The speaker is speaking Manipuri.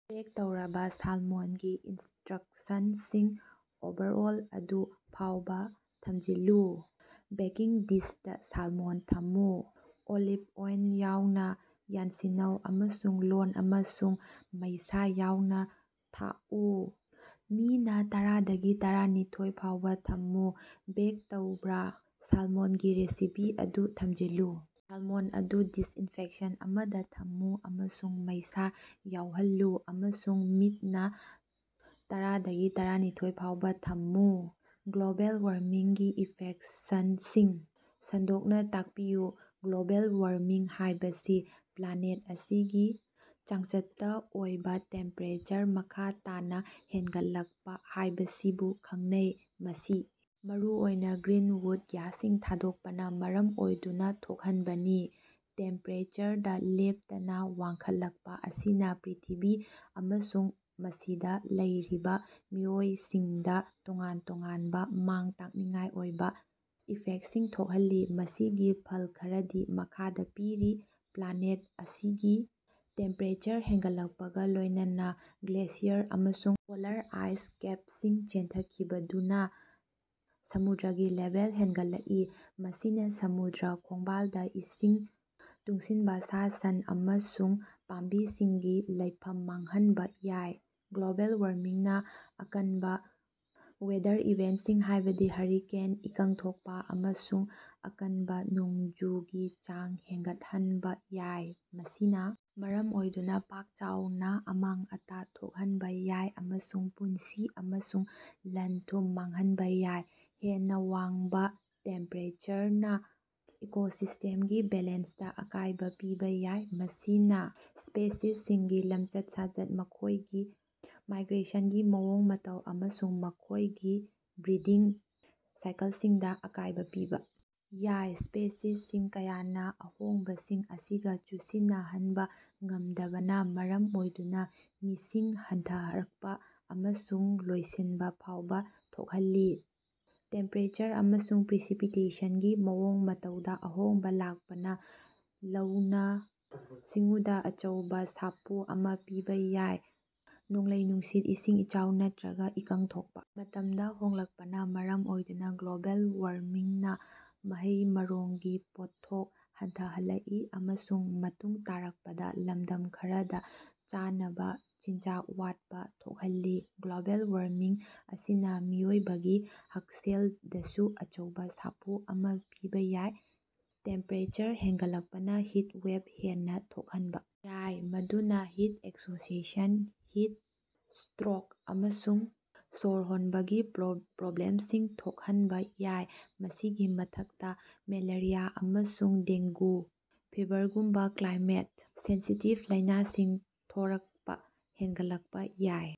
ꯕꯦꯛ ꯇꯧꯔꯕꯥ ꯁꯥꯜꯃꯣꯟꯒꯤ ꯏꯟꯁꯇ꯭ꯔꯛꯁꯟꯁꯤꯡ ꯑꯣꯚꯔꯑꯣꯜ ꯑꯗꯨ ꯐꯥꯎꯕꯥ ꯊꯝꯖꯤꯜꯂꯨ꯫ ꯕꯦꯀꯤꯡ ꯗꯤꯁꯇꯥ ꯁꯥꯜꯃꯣꯟ ꯊꯝꯃꯨ꯫ ꯑꯣꯂꯤꯞ ꯑꯣꯏꯜ ꯌꯥꯎꯅꯥ ꯌꯥꯟꯁꯤꯟꯅꯧ ꯑꯃꯁꯨꯡ ꯂꯣꯟ ꯑꯃꯁꯨꯡ ꯃꯩꯁꯥ ꯌꯥꯎꯅꯥ ꯊꯥꯛꯎ꯫ ꯃꯤꯅ ꯇꯔꯥꯗꯒꯤ ꯇꯔꯥꯅꯤꯊꯣꯏ ꯐꯥꯎꯕꯥ ꯊꯝꯃꯨ꯫ ꯕꯦꯛ ꯇꯧꯔꯕꯥ ꯁꯥꯜꯃꯣꯟꯒꯤ ꯔꯦꯁꯤꯄꯤ ꯑꯗꯨ ꯊꯝꯖꯤꯜꯂꯨ, ꯁꯥꯜꯃꯣꯟ ꯑꯗꯨ ꯗꯤꯁꯏꯟꯐꯦꯛꯁꯟ ꯑꯃꯗꯥ ꯊꯝꯃꯨ ꯑꯃꯁꯨꯡ ꯃꯩꯁꯥ ꯌꯥꯎꯍꯜꯂꯨ ꯑꯃꯁꯨꯡ ꯃꯤꯅꯠ ꯇꯔꯥꯗꯒꯤ ꯇꯔꯥꯅꯤꯊꯣꯏ ꯐꯥꯎꯕꯥ ꯊꯝꯃꯨ꯫ ꯒ꯭ꯂꯣꯕꯦꯜ ꯋꯥꯔꯃꯤꯡꯒꯤ ꯏꯐꯦꯛꯁꯤꯡ ꯁꯟꯗꯣꯛꯅꯥ ꯇꯥꯛꯄꯤꯌꯨ꯫ ꯒ꯭ꯂꯣꯕꯦꯜ ꯋꯥꯔꯃꯤꯡ ꯍꯥꯏꯕꯁꯤ ꯄ꯭ꯂꯥꯅꯦꯠ ꯑꯁꯤꯒꯤ ꯆꯥꯡꯆꯠꯇꯥ ꯑꯣꯏꯕꯥ ꯇꯦꯝꯄꯦꯔꯦꯆꯔ ꯃꯈꯥ ꯇꯥꯅꯥ ꯍꯦꯟꯒꯠꯂꯛꯄꯥ ꯍꯥꯏꯕꯁꯤꯕꯨ ꯈꯪꯅꯩ, ꯃꯁꯤ ꯃꯔꯨꯑꯣꯏꯅꯥ ꯒ꯭ꯔꯤꯟꯋꯨꯗ ꯒ꯭ꯌꯥꯁꯁꯤꯡ ꯊꯥꯗꯣꯛꯄꯅꯥ ꯃꯔꯝ ꯑꯣꯏꯗꯨꯅꯥ ꯊꯣꯛꯍꯟꯕꯅꯤ꯫ ꯇꯦꯝꯄꯦꯔꯦꯆꯔꯗꯥ ꯂꯦꯞꯇꯅꯥ ꯋꯥꯡꯈꯠꯂꯛꯄꯥ ꯑꯁꯤꯅꯥ ꯄ꯭ꯔꯤꯊꯤꯕꯤ ꯑꯃꯁꯨꯡ ꯃꯁꯤꯗꯥ ꯂꯩꯔꯤꯕꯥ ꯃꯤꯑꯣꯏꯁꯤꯡꯗꯥ ꯇꯣꯉꯥꯟ-ꯇꯣꯉꯥꯟꯕꯥ ꯃꯥꯡ-ꯇꯥꯛꯅꯤꯡꯉꯥꯏ ꯑꯣꯏꯕꯥ ꯏꯐꯦꯛꯁꯤꯡ ꯊꯣꯛꯍꯜꯂꯤ꯫ ꯃꯁꯤꯒꯤ ꯐꯜ ꯈꯔꯗꯤ ꯃꯈꯥꯗꯥ ꯄꯤꯔꯤ꯫ ꯄ꯭ꯂꯥꯅꯦꯠ ꯑꯁꯤꯒꯤ ꯇꯦꯝꯄꯦꯔꯦꯆꯔ ꯍꯦꯟꯒꯠꯂꯛꯄꯒꯥ ꯂꯣꯏꯅꯅꯥ ꯒ꯭ꯂꯦꯁꯤꯌꯔ ꯑꯃꯁꯨꯡ ꯄꯣꯂꯥꯔ ꯑꯥꯏꯁ ꯀꯦꯞꯁꯤꯡ ꯆꯦꯟꯊꯈꯤꯗꯨꯅꯥ ꯁꯃꯨꯗ꯭ꯔꯒꯤ ꯂꯦꯚꯦꯜ ꯍꯦꯟꯒꯠꯂꯛꯏ꯫ ꯃꯁꯤꯅꯥ ꯁꯃꯨꯗ꯭ꯔ ꯈꯣꯡꯕꯥꯜꯗꯥ ꯏꯁꯤꯡ ꯇꯨꯡꯁꯤꯟꯕꯥ, ꯁꯥ-ꯁꯟ ꯑꯃꯁꯨꯡ ꯄꯥꯝꯕꯤꯁꯤꯡꯒꯤ ꯂꯩꯐꯝ ꯃꯥꯡꯍꯟꯕꯥ ꯌꯥꯏ꯫ ꯒ꯭ꯂꯣꯕꯦꯜ ꯋꯥꯔꯃꯤꯡꯅꯥ ꯑꯀꯟꯕꯥ ꯋꯦꯗꯔ ꯏꯚꯦꯟꯁꯤꯡ, ꯍꯥꯏꯕꯗꯤ ꯍꯨꯔꯤꯀꯦꯟ, ꯏꯀꯪ ꯊꯣꯛꯄꯥ ꯑꯃꯁꯨꯡ ꯑꯀꯟꯕꯥ ꯅꯣꯡꯖꯨꯒꯤ ꯆꯥꯡ ꯍꯦꯟꯒꯠꯍꯟꯕꯥ ꯌꯥꯏ꯫ ꯃꯁꯤꯅꯥ ꯃꯔꯝ ꯑꯣꯏꯗꯨꯅꯥ ꯄꯥꯛ ꯆꯥꯎꯅꯥ ꯑꯃꯥꯡ-ꯑꯇꯥ ꯊꯣꯛꯍꯟꯕꯥ ꯌꯥꯏ ꯑꯃꯁꯨꯡ ꯄꯨꯟꯁꯤ ꯑꯃꯁꯨꯡ ꯂꯟ-ꯊꯨꯝ ꯃꯥꯡꯍꯟꯕꯥ ꯌꯥꯏ꯫ ꯍꯦꯟꯅꯥ ꯋꯥꯡꯕꯥ ꯇꯦꯝꯄꯦꯔꯦꯆꯔꯅꯥ ꯏꯀꯣꯁꯤꯁꯇꯦꯝꯁꯤꯡꯒꯤ ꯕꯦꯂꯦꯟꯁꯇꯥ ꯑꯀꯥꯏꯕꯥ ꯄꯤꯕꯥ ꯌꯥꯏ, ꯃꯁꯤꯅꯥ ꯁ꯭ꯄꯦꯁꯤꯁꯁꯤꯡꯒꯤ ꯂꯝꯆꯠ-ꯁꯥꯖꯠ, ꯃꯈꯣꯏꯒꯤ ꯃꯥꯏꯒ꯭ꯔꯦꯁꯟꯒꯤ ꯃꯑꯣꯡ-ꯃꯇꯧ ꯑꯃꯁꯨꯡ ꯃꯈꯣꯏꯒꯤ ꯕ꯭ꯔꯤꯗꯤꯡ ꯁꯥꯏꯀꯜꯁꯤꯡꯗꯥ ꯑꯀꯥꯏꯕꯥ ꯄꯤꯕꯥ ꯌꯥꯏ꯫ ꯁ꯭ꯄꯦꯁꯤꯁ ꯀꯌꯥꯅꯥ ꯑꯍꯣꯡꯕꯁꯤꯡ ꯑꯁꯤꯒꯥ ꯆꯨꯁꯤꯟꯅꯍꯟꯕꯥ ꯉꯝꯗꯕꯅꯥ ꯃꯔꯝ ꯑꯣꯏꯗꯨꯅꯥ ꯃꯤꯁꯤꯡ ꯍꯟꯊꯔꯛꯄꯥ ꯑꯃꯁꯨꯡ ꯂꯣꯏꯁꯤꯟꯕꯥ ꯐꯥꯎꯕꯥ ꯊꯣꯛꯍꯜꯂꯤ꯫ꯇꯦꯝꯄꯦꯔꯦꯆꯔ ꯑꯃꯁꯨꯡ ꯄ꯭ꯔꯦꯁꯤꯄꯤꯇꯦꯁꯟꯒꯤ ꯃꯑꯣꯡ ꯃꯇꯧꯗꯥ ꯑꯍꯣꯡꯕꯥ ꯂꯥꯛꯄꯅꯥ ꯂꯧꯎ-ꯁꯤꯡꯎꯗꯥ ꯑꯆꯧꯕꯥ ꯁꯥꯐꯨ ꯑꯃꯥ ꯄꯤꯕꯥ ꯌꯥꯏ꯫ ꯅꯣꯡꯂꯩ-ꯅꯨꯡꯁꯤꯠ, ꯏꯁꯤꯡ ꯏꯆꯥꯎ ꯅꯠꯇ꯭ꯔꯒꯥ ꯏꯀꯪ ꯊꯣꯛꯄꯥ ꯃꯇꯝꯗꯥ ꯍꯣꯡꯂꯛꯄꯅꯥ ꯃꯔꯝ ꯑꯣꯏꯗꯨꯅꯥ ꯒ꯭ꯂꯣꯕꯦꯜ ꯋꯥꯔꯃꯤꯡꯅꯥ ꯃꯍꯩ-ꯃꯔꯣꯡꯒꯤ ꯄꯣꯠꯊꯣꯛ ꯍꯟꯊꯍꯟꯂꯛꯏ ꯑꯃꯁꯨꯡ ꯃꯇꯨꯡ ꯇꯥꯔꯛꯄꯗꯥ ꯂꯝꯗꯝ ꯈꯔꯗꯥ ꯆꯥꯅꯕꯥ ꯆꯤꯟꯖꯥꯛ ꯋꯥꯠꯄꯥ ꯊꯣꯛꯍꯜꯂꯤ꯫ ꯒ꯭ꯂꯣꯕꯦꯜ ꯋꯥꯔꯃꯤꯡ ꯑꯁꯤꯅꯥ ꯃꯤꯑꯣꯏꯕꯒꯤ ꯍꯛꯁꯦꯜꯗꯁꯨ ꯑꯆꯧꯕꯥ ꯁꯥꯐꯨ ꯑꯃꯥ ꯄꯤꯕꯥ ꯌꯥꯏ꯫ ꯇꯦꯝꯄꯦꯔꯦꯆꯔ ꯍꯦꯟꯒꯠꯂꯛꯄꯅꯥ ꯍꯤꯠꯋꯦꯞ ꯍꯦꯟꯅꯥ ꯊꯣꯛꯍꯟꯕꯥ ꯌꯥꯏ, ꯃꯗꯨꯅꯥ ꯍꯤꯠ ꯑꯦꯛꯁꯣꯁꯦꯁꯟ, ꯍꯤꯠ ꯁ꯭ꯇꯔꯣꯛ ꯑꯃꯁꯨꯡ ꯁ꯭ꯋꯔ ꯍꯣꯟꯕꯒꯤ ꯄ꯭ꯂꯣꯞ ꯄ꯭ꯔꯣꯕ꯭ꯂꯦꯝꯁꯤꯡ ꯊꯣꯛꯍꯟꯕꯥ ꯌꯥꯏ꯫ ꯃꯁꯤꯒꯤ ꯃꯊꯛꯇꯥ, ꯃꯦꯂꯦꯔꯤꯌꯥ ꯑꯃꯁꯨꯡ ꯗꯦꯡꯒꯨ ꯐꯤꯕꯔꯒꯨꯝꯕꯥ ꯀ꯭ꯂꯥꯏꯃꯦꯠ-ꯁꯦꯟꯁꯤꯇꯤꯞ ꯂꯥꯏꯅꯥꯁꯤꯡ ꯊꯣꯛꯄꯥ ꯍꯦꯟꯒꯠꯂꯛꯄꯥ ꯌꯥꯏ꯫